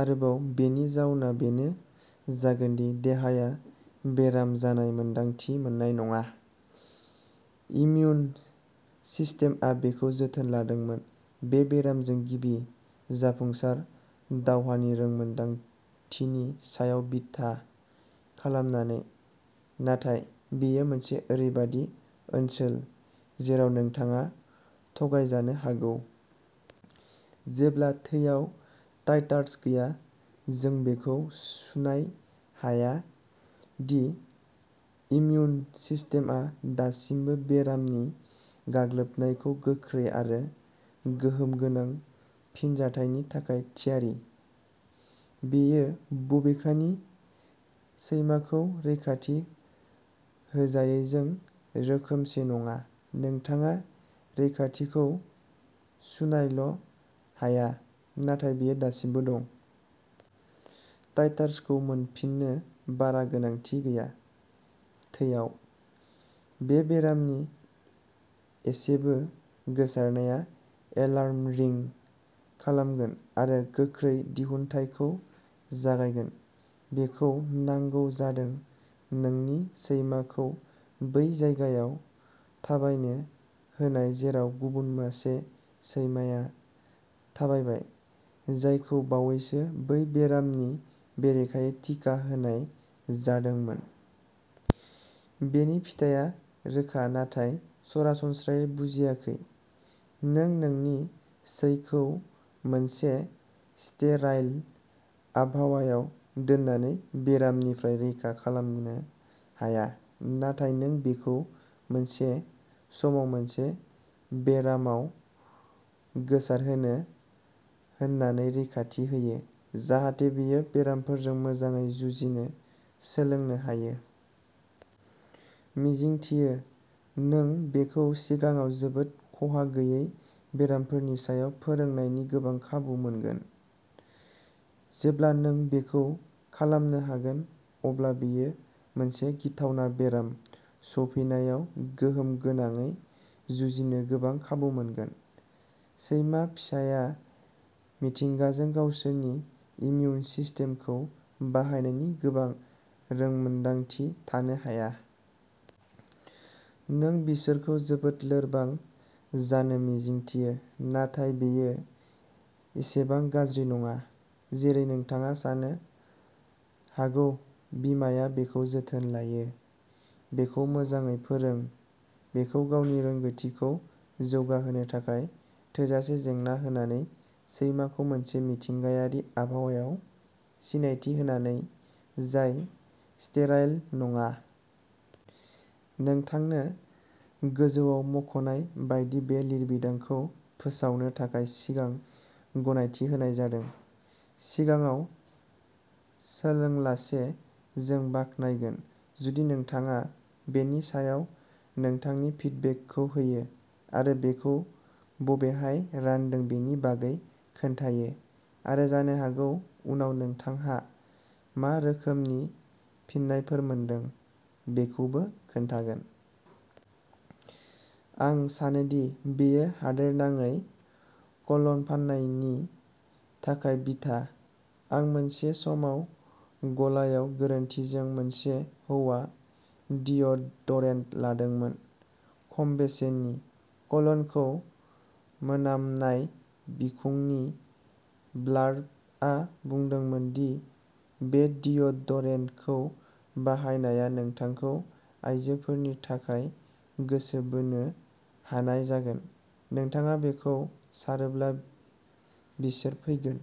आरोबाव, बेनि जाउनआ बेनो जागोन दि देहाया बेराम जानाय मोन्दांथि मोननाय नङा। इम्युन सिस्टेमआ बेखौ जोथोन लादोंमोन, बे बेरामजों गिबि जाफुंसार दावहानि रोंमोनदांथिनि सायाव बिथा खालामनानै। नाथाय बेयो मोनसे ओरैबायदि ओनसोल जेराव नोंथाङा थगायजानो हागौ। जेब्ला थैयाव टाइटार्स गैया, जों बेखौ सुनाय हाया दि इम्युन सिस्टेमआ दासिमबो बेरामनि गाग्लोबनायखौ गोख्रै आरो गोहोम गोनां फिनजाथायनि थाखाय थियारि! बेयो, बबेखानि, सैमाखौ रैखाथि होजायैजों रोखोमसे नङा! नोंथाङा रैखाथिखौ सुनायल'हाया नाथाय बेयो दासिमबो दं। टाइटार्सखौ मोनफिन्नो बारा गोनांथि गैया। थैआव। बे बेरामनि एसेबो गोसारनाया एलार्म रिं खालामगोन आरो गोख्रै दिहुनथायखौ जागायगोन। बेखौ नांगौ जादों नोंनि सैमाखौ बै जायगायाव थाबायनो होनाय जेराव गुबुन मासे सैमाया थाबायबाय जायखौ बावैसो बै बेरामनि बेरेखायै टिका होनाय जादोंमोन। बेनि फिथाइया रोखा, नाथाय सरासनस्रायै बुजियाखैः नों नोंनि सैखौ मोनसे स्टेराइल आबहावायाव दोननानै बेरामनिफ्राय रैखा खालामनो हाया। नाथाय नों बेखौ मोनसे समाव मोनसे बेरामाव गोसारहोनो होनानै रैखाथि होयो, जाहाथे बेयो बेरामफोरजों मोजाङै जुजिनो सोलोंनो हायो। मिजिंथियो, नों बेखौ सिगाङाव जोबोद खहा गैयै बेरामफोरनि सायाव फोरोंनायनि गोबां खाबु मोनगोन। जेब्ला नों बेखौ खालामनो हागोन, अब्ला बेयो मोनसे गिथावना बेराम सौफैनायाव गोहोम गोनाङै जुजिनो गोबां खाबु मोनगोन। सैमा फिसाया, मिथिंगाजों, गावसोरनि इमिउन सिस्टेमखौ बाहायनायनि गोबां रोंमोनदांथि थानो हाया। नों बिसोरखौ जोबोद लोरबां जानो मिजिंथियो। नाथाय बेयो एसेबां गाज्रि नङा। जेरै नोंथाङा सानो हागौ-बिमाया बेखौ जोथोन लायो! बेखौ मोजाङै फोरों, बेखौ गावनि रोंग'थिखौ जौगाहोनो थाखाय थोजासे जेंना होनानै, सैमाखौ मोनसे मिथिंगायारि आबहावायाव सिनायथि होनानै, जाय स्टेराइल नङा। नोंथांनो गोजौआव मख'नाय बायदि बे लिरबिदांखौ फोसावनो थाखाय सिगां गनायथि होनाय जादों, सिगाङाव सोंालासे। जों बाख्नायगोन जुदि नोंथाङा बेनि सायाव नोंथांनि फिडबेकखौ होयो आरो बेखौ बबेहाय रानदों बेनि बागै खोन्थायो-आरो जानो हागौ उनाव नोंथांहा मा रोखोमनि फिननायफोर मोनदों बेखौबो खोन्थागोन। आं सानोदि बेयो हादोरनाङै क'लन फान्नायनि थाखाय बिथा। आं मोनसे समाव गलायाव गोरोन्थिजों मोनसे "हौवा" डिअ'डरेन्ट लादोंमोन। खम बेसेननि क'लनखौ मोनामनाय। बिखुंनि ब्लार्बआ बुंदोंमोन दि बे डिअ'डरेन्टखौ बाहायनाया नोंथांखौ आइजोफोरनि थाखाय गोसो बोनो हानाय जागोनः "नोंथाङा बेखौ सारोब्ला, बिसोर फैगोन।